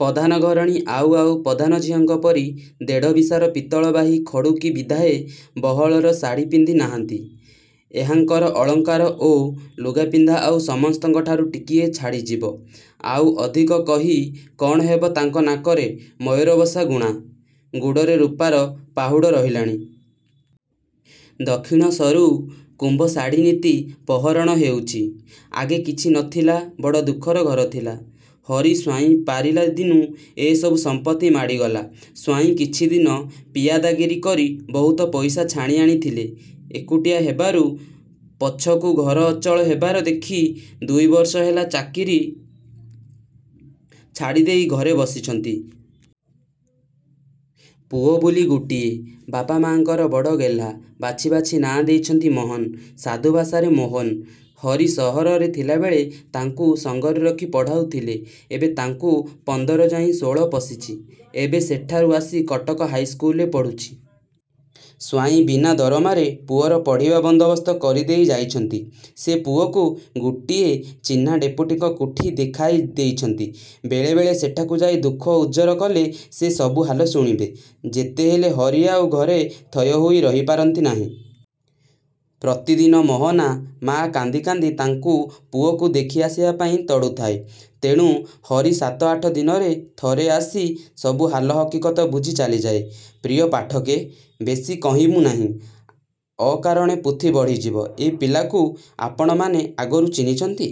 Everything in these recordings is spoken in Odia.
ପଧାନ ଘରଣୀ ଆଉ ଆଉ ପଧାନ ଝିଅଙ୍କ ପରି ଦେଢ଼ ବିଶାର ପିତଳ ବାହି ଖଡୁ କି ବିଧାଏ ବହଳର ଶାଢ଼ୀପିନ୍ଧି ନାହାନ୍ତି। ଏହାଙ୍କର ଅଳଙ୍କାର ଓ ଲୁଗାପିନ୍ଧା ଆଉ ସମସ୍ତଙ୍କଠାରୁ ଟିକିଏ ଛାଡ଼ିଯିବ। ଆଉ ଅଧିକ କହି କଣ ହେବ ତାଙ୍କ ନାକରେ ମୟୂରବସା ଗୁଣା, ଗୋଡ଼ରେ ରୁପାର ପାହୁଡ଼ ରହିଲାଣି। ଦକ୍ଷିଣୀ ସରୁ କୁମ୍ଭ ଶାଢ଼ୀ ନିତି ପହରଣ ହେଉଛି। ଆଗେ କିଛି ନଥିଲା ବଡ଼ ଦୁଃଖର ଘର ଥିଲା। ହରି ସ୍ୱାଇଁ ପାରିଲା ଦିନୁଁ ଏ ସବୁ ସମ୍ପତ୍ତି ମାଡ଼ିଗଲା। ସ୍ୱାଇଁ କିଛିଦିନ ପିଆଦାଗିରି କରି ବହୁତ ପଇସା ଛାଣିଆଣିଥିଲେ। ଏକୁଟିଆ ହେବାରୁ ପଛକୁ ଘର ଅଚଳ ହେବାର ଦେଖି ଦୁଇ ବର୍ଷ ହେଲା ଚାକିରି ଛାଡ଼ିଦେଇ ଘରେ ବସିଛନ୍ତି। ପୁଅ ବୋଲି ଗୋଟିଏ। ବାପ ମା'ଙ୍କର ବଡ଼ ଗେହ୍ଲା ବାଛି ବାଛି ନାଁ ଦେଇଛନ୍ତି 'ମହନ', ସାଧୁଭାଷାରେ ମୋହନ। ହରି ସହରରେ ଥିଲାବେଳେ ତାଙ୍କୁ ସଙ୍ଗରେ ରଖି ପଢ଼ାଉଥିଲେ। ଏବେ ତାଙ୍କୁ ପନ୍ଦର ଯାଇଁ ଷୋଳ ପଶିଛି। ଏବେ ସେଠାରୁ ଆସି କଟକ ହାଇ ସ୍କୁଲରେ ପଢ଼ୁଛି। ସ୍ୱାଇଁ ବିନା ଦରମାରେ ପୁଅର ପଢ଼ିବା ବନ୍ଦୋବସ୍ତ କରି ଦେଇ ଯାଇଛନ୍ତି। ସେ ପୁଅକୁ ଗୋଟିଏ ଚିହ୍ନା ଡେପୁଟୀଙ୍କ କୋଠି ଦେଖାଇ ଦେଇଛନ୍ତି। ବେଳେ ବେଳେ ସେଠାକୁ ଯାଇ ଦୁଃଖ ଓଜର କଲେ, ସେ ସବୁ ହାଲ ଶୁଣିବେ। ଯେତେହେଲେ ହରି ଆଉ ଘରେ ଥୟ ହୋଇ ରହି ପାରନ୍ତି ନାହିଁ। ପ୍ରତିଦିନ ମହନା ମା କାନ୍ଦି କାନ୍ଦି ତାଙ୍କୁ ପୁଅକୁ ଦେଖିଆସିବାପାଇଁ ତଡ଼ୁଥାଏ। ତେଣୁ ହରି ସାତ ଆଠ ଦିନରେ ଥରେ ଆସି ସବୁ ହାଲ ହକିକତ ବୁଝି ଚାଲିଯାଏ। ପ୍ରିୟ ପାଠକେ! ବେଶି କହିବୁଁ ନାହିଁ। ଅକାରଣେ ପୋଥି ବଢ଼ିଯିବ। ଏ ପିଲାକୁ ଆପଣମାନେ ଆଗରୁ ଚିହ୍ନିଛନ୍ତି।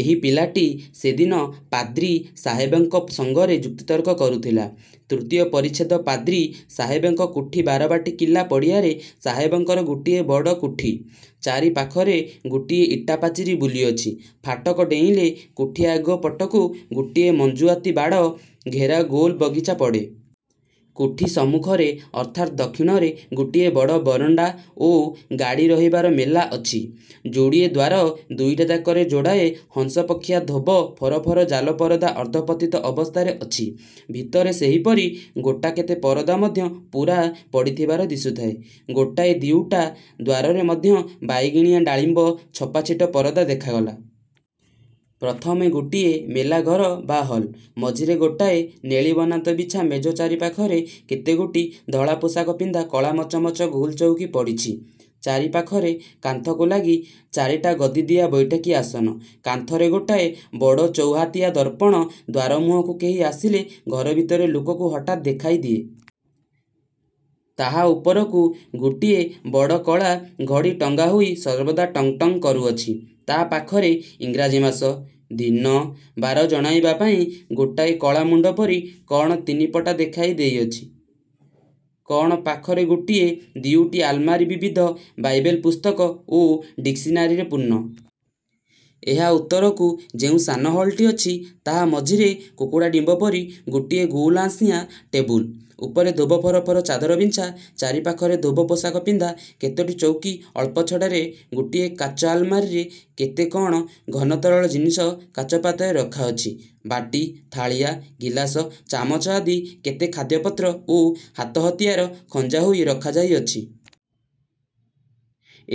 ଏହି ପିଲାଟି ସେଦିନ ପାଦ୍ରୀ ସାହେବଙ୍କ ସଙ୍ଗରେ ଯୁକ୍ତିତର୍କ କରୁଥିଲା। ତୃତୀୟ ପରିଚ୍ଛେଦ ପାଦ୍ରି ସାହେବଙ୍କ କୋଠି ବାରବାଟୀ କିଲ୍ଲା ପଡ଼ିଆରେ ସାହେବଙ୍କର ଗୋଟିଏ ବଡ଼ କୋଠି। ଚାରି ପାଖରେ ଗୋଟିଏ ଇଟା ପାଚିରି ବୁଲିଅଛି। ଫାଟକ ଡେଇଁଲେ କୋଠି ଆଗ ପଟକୁ ଗୋଟିଏ ମଞ୍ଜୁଆତି ବାଡ଼ ଘେରା ଗୋଲ ବଗିଚା ପଡ଼େ। କୋଠି ସମ୍ମୁଖରେ ଅର୍ଥାତ୍ ଦକ୍ଷିଣରେ ଗୋଟିଏ ବଡ଼ ବରଣ୍ତା ଓ ଗାଡ଼ୀ ରହିବାର ମେଲା ଅଛି। ଯୋଡ଼ିଏ ଦ୍ୱାର ଦୁଇଟାଯାକରେ ଯୋଡ଼ାଏ ହଂସପକ୍ଷିଆ ଧୋବ ଫରଫର ଜାଲ ପରଦା ଅର୍ଦ୍ଧପତିତ ଅବସ୍ଥାରେ ଅଛି। ଭିତରେ ସେହିପରି ଗୋଟାକେତେ ପରଦା ମଧ୍ୟ ପୂରା ପଡ଼ିଥିବାର ଦିଶୁଥାଏ। ଗୋଟାଏ ଦିଓଟା ଦ୍ୱାରରେ ମଧ୍ୟ ବାଇଗିଣିଆ ଡାଳିମ୍ବ ଛପା ଛିଟ ପରଦା ଦେଖାଗଲା। ପ୍ରଥମେ ଗୋଟିଏ ମେଲା ଘର ବା ହଲ୍। ମଝିରେ ଗୋଟାଏ ନେଳି ବନାତ ବିଛା ମେଜ ଚାରିପାଖରେ କେତେଗୋଟି ଧଳାପୋଷାକ ପିନ୍ଧା କଳାମଚମଚ ଗୋଲ ଚଉକି ପଡ଼ିଛି। ଚାରିପାଖରେ କାନ୍ଥକୁ ଲାଗି ଚାରିଟା ଗଦିଦିଆ ବୈଠକୀ ଆସନ। କାନ୍ଥରେ ଗୋଟାଏ ବଡ଼ ଚୌହାତିଆ ଦର୍ପଣ ଦ୍ୱାରମୁହଁକୁ କେହି ଆସିଲେ ଘର ଭିତରେ ଲୋକକୁ ହଠାତ୍ ଦେଖାଇ ଦିଏ। ତାହା ଉପରକୁ ଗୋଟିଏ ବଡ଼ କଳା ଘଡ଼ି ଟଙ୍ଗା ହୋଇ ସର୍ବଦା ଟଙ୍ଗ୍ ଟଙ୍ଗ୍ କରୁଅଛି। ତା ପାଖରେ ଇଂରାଜୀ ମାସ, ଦିନ, ବାର ଜଣାଇବାପାଇଁ ଗୋଟାଏ କଳା ମୁଣ୍ତ ପରି କଣ ତିନିପଟା ଦେଖାଇ ଦେଇଅଛି! କଣ ପାଖରେ ଗୋଟିଏ ଦିଓଟି ଆଲମାରୀ ବିବିଧ ବାଇବେଲ୍ ପୁସ୍ତକ ଓ ଡିକ୍ସନାରୀରେ ପୂର୍ଣ୍ଣ। ଏହା ଉତ୍ତରକୁ ଯେଉଁ ସାନ ହଲଟି ଅଛି, ତାହା ମଝିରେ କୁକୁଡ଼ା ଡିମ୍ବ ପରି ଗୋଟିଏ ଗୋଲ ଆଁସିଆ ଟେବୁଲ। ଉପରେ ଧୋବ ଫରଫର ଚାଦର ବିଞ୍ଛା ଚାରିପାଖରେ ଧୋବ ପୋଷାକପିନ୍ଧା କେତୋଟି ଚୌକି ଅଳ୍ପ ଛଡ଼ାରେ ଗୋଟିଏ କାଚ ଆଲମାରୀରେ କେତେ କଣ ଘନ ତରଳ ଜିନିଷ କାଚପାତ୍ରରେ ରଖା ଅଛି ବାଟି, ଥାଳିଆ, ଗିଲାସ, ଚାମଚ ଆଦି କେତେ ଖାଦ୍ୟପାତ୍ର ଓ ହାତହତିଆର ଖଞ୍ଜା ହୋଇ ରଖା ଯାଇଅଛି।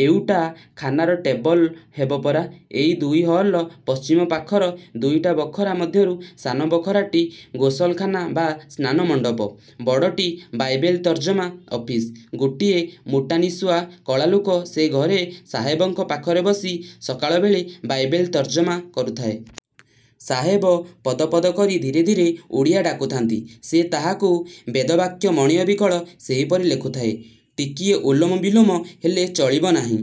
ଏଉଟା ଖାନାର ଟେବଲ ହେବ ପରା! ଏହି ଦୁଇ ହଲର ପଶ୍ଚିମ ପାଖର ଦୁଇଟା ବଖରା ମଧ୍ୟରୁ ସାନ ବଖରାଟି ଗୋସଲଖାନା ବା ସ୍ନାନମଣ୍ତପ। ବଡ଼ଟି ବାଇବେଲ୍ ତର୍ଜମା ଅଫିସ। ଗୋଟିଏ ମୋଟାନିଶୁଆ କଳା ଲୋକ ସେ ଘରେ ସାହେବଙ୍କ ପାଖରେ ବସି ସକାଳବେଳେ ବାଇବେଲ୍ ତର୍ଜମା କରୁଥାଏ। ସାହେବ ପଦ ପଦ କରି ଧୀରେ ଧୀରେ ଓଡ଼ିଆ ଡାକୁଥାନ୍ତି -ସେ ତାହାକୁ ବେଦବାକ୍ୟ ମଣି ଅବିକଳ ସେହିପରି ଲେଖୁଥାଏ। ଟିକିଏ ଓଲୋମ ବିଲୋମ ହେଲେ ଚଳିବ ନାହିଁ।